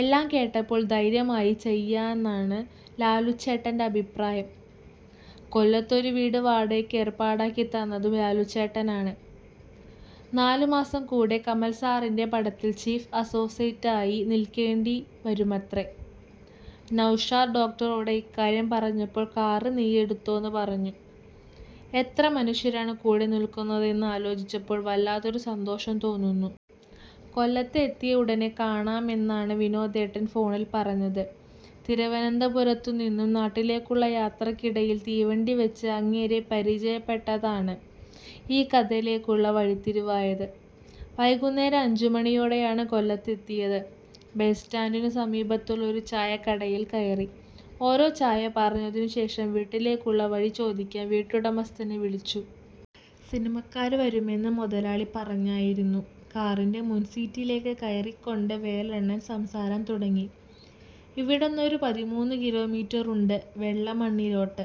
എല്ലാം കേട്ടപ്പോൾ ധൈര്യമായി ചെയ്യെന്നാണ് ലാലുച്ചേട്ടന്റെ അഭിപ്രായം. കൊല്ലത്ത് ഒരു വീട് വാടകയ്ക്ക് ഏർപ്പാടാക്കി തന്നതും ലാലുച്ചേട്ടനാണ്. നാലുമാസം കൂടെ കമൽസാറിന്റെ പടത്തിൽ ചീഫ് അസോസിയേറ്റായി നിൽക്കേണ്ടി വരുമത്രേ. നൗഷാദ് ഡോക്ടറോട് ഇക്കാര്യം പറഞ്ഞപ്പോൾ 'കാറ് നീയെടുത്തോന്ന്' പറഞ്ഞു. എത്ര മനുഷ്യരാണ് കൂടെ നിൽക്കുന്നതെന്നു ആലോചിച്ചപ്പോൾ വല്ലാത്തൊരു സന്തോഷം തോന്നുന്നു. കൊല്ലത്ത് എത്തിയ ഉടനെ കാണാമെന്നാണ് വിനോദേട്ടൻ ഫോണിൽ പറഞ്ഞത്. തിരുവനന്തപുരത്തുന്നും നാട്ടിലേക്കുള്ള യാത്രയ്ക്കിടയിൽ തീവണ്ടിയിൽ വെച്ച് അങ്ങേരെ പരിചയപ്പെട്ടതാണ് ഈ കഥയിലേക്കുള്ള വഴിത്തിരിവായത്. വൈകുന്നേരം അഞ്ചുമണിയോടെയാണ് കൊല്ലത്ത് എത്തിയത്. ബസ്സ്റ്റാന്റിനു സമീപത്തുള്ള ഒരു ചായക്കടയിൽ കയറി. ഓരോ ചായ പറഞ്ഞതിനു ശേഷം വീട്ടിലേക്കുള്ള വഴി ചോദിക്കാൻ വീട്ടുടമസ്ഥനെ വിളിച്ചു. സിനിമക്കാര് വരുമെന്ന് മൊതലാളി പറഞ്ഞായിരുന്നു. " കാറിന്റെ മുൻസീറ്റിലേക്ക് കയറിക്കൊണ്ട് വേലണ്ണൻ സംസാരം തുടങ്ങി. "ഇവിടെന്നൊരു പതിമൂന്നു കിലോമീറ്ററുണ്ട് വെള്ളമണ്ണിലോട്ട്.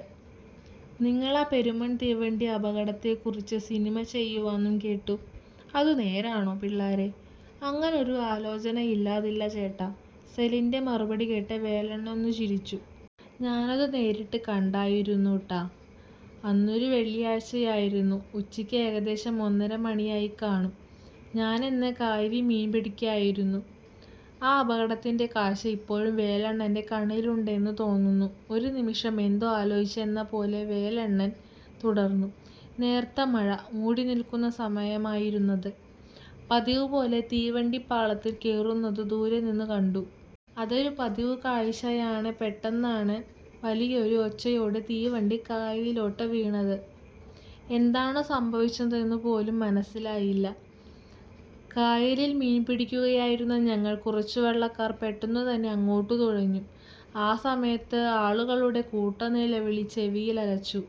നിങ്ങളാ പെരുമൺ തീവണ്ടി അപകടത്തെക്കുറിച്ച് സിനിമ ചെയ്യുവാന്നും കേട്ടു. അതു നേരാണോ? പിള്ളാരെ" "അങ്ങനൊരു ആലോചനയില്ലാതില്ല ചേട്ടാ. " സെലിന്റെ മറുപടി കേട്ട് വേലണ്ണനൊന്നു ചിരിച്ചു. "ഞാനതു നേരിട്ട് കണ്ടായിരുന്നുട്ടോ... അന്നൊരു വെള്ളിയാഴ്ചയായിരുന്നു. ഉച്ചയ്ക്ക് ഏകദേശം ഒന്നര മണിയായിക്കാണും. ഞാനന്ന് കായലീ മീൻ പിടിക്കായിരുന്നു" ആ അപകടത്തിന്റെ കാഴ്ച ഇപ്പോഴും വേലണ്ണന്റെ കണ്ണിലുണ്ടെന്നു തോന്നുന്നു. ഒരുനിമിഷം എന്തോ ആലോചിച്ചെന്ന പോലെ വേലണ്ണൻ തുടർന്നു. "നേർത്ത മഴ മൂടിനിൽക്കുന്ന സമയമായിരുന്നത്. പതിവുപോലെ തീവണ്ടി പാളത്തിൽ കേറുന്നതു ദൂരെനിന്നേ കണ്ടു. അതൊരു പതിവു കാഴ്ചയാണ് പെട്ടന്നാണ് വലിയൊരു ഒച്ചയോടെ തീവണ്ടി കായലിലോട്ട് വീണത്. എന്താണു സംഭവിച്ചതെന്നു പോലും മനസിലായില്ല. കായലിൽ മീൻപിടിക്കുകയായിരുന്ന ഞങ്ങൾ കുറച്ചുവള്ളക്കാര് പെട്ടെന്നു തന്നെ അങ്ങോട്ടു തുഴഞ്ഞു. ആ സമയത്ത് ആളുകളുടെ കൂട്ടനിലവിളി ചെവിയിൽ അലച്ചു.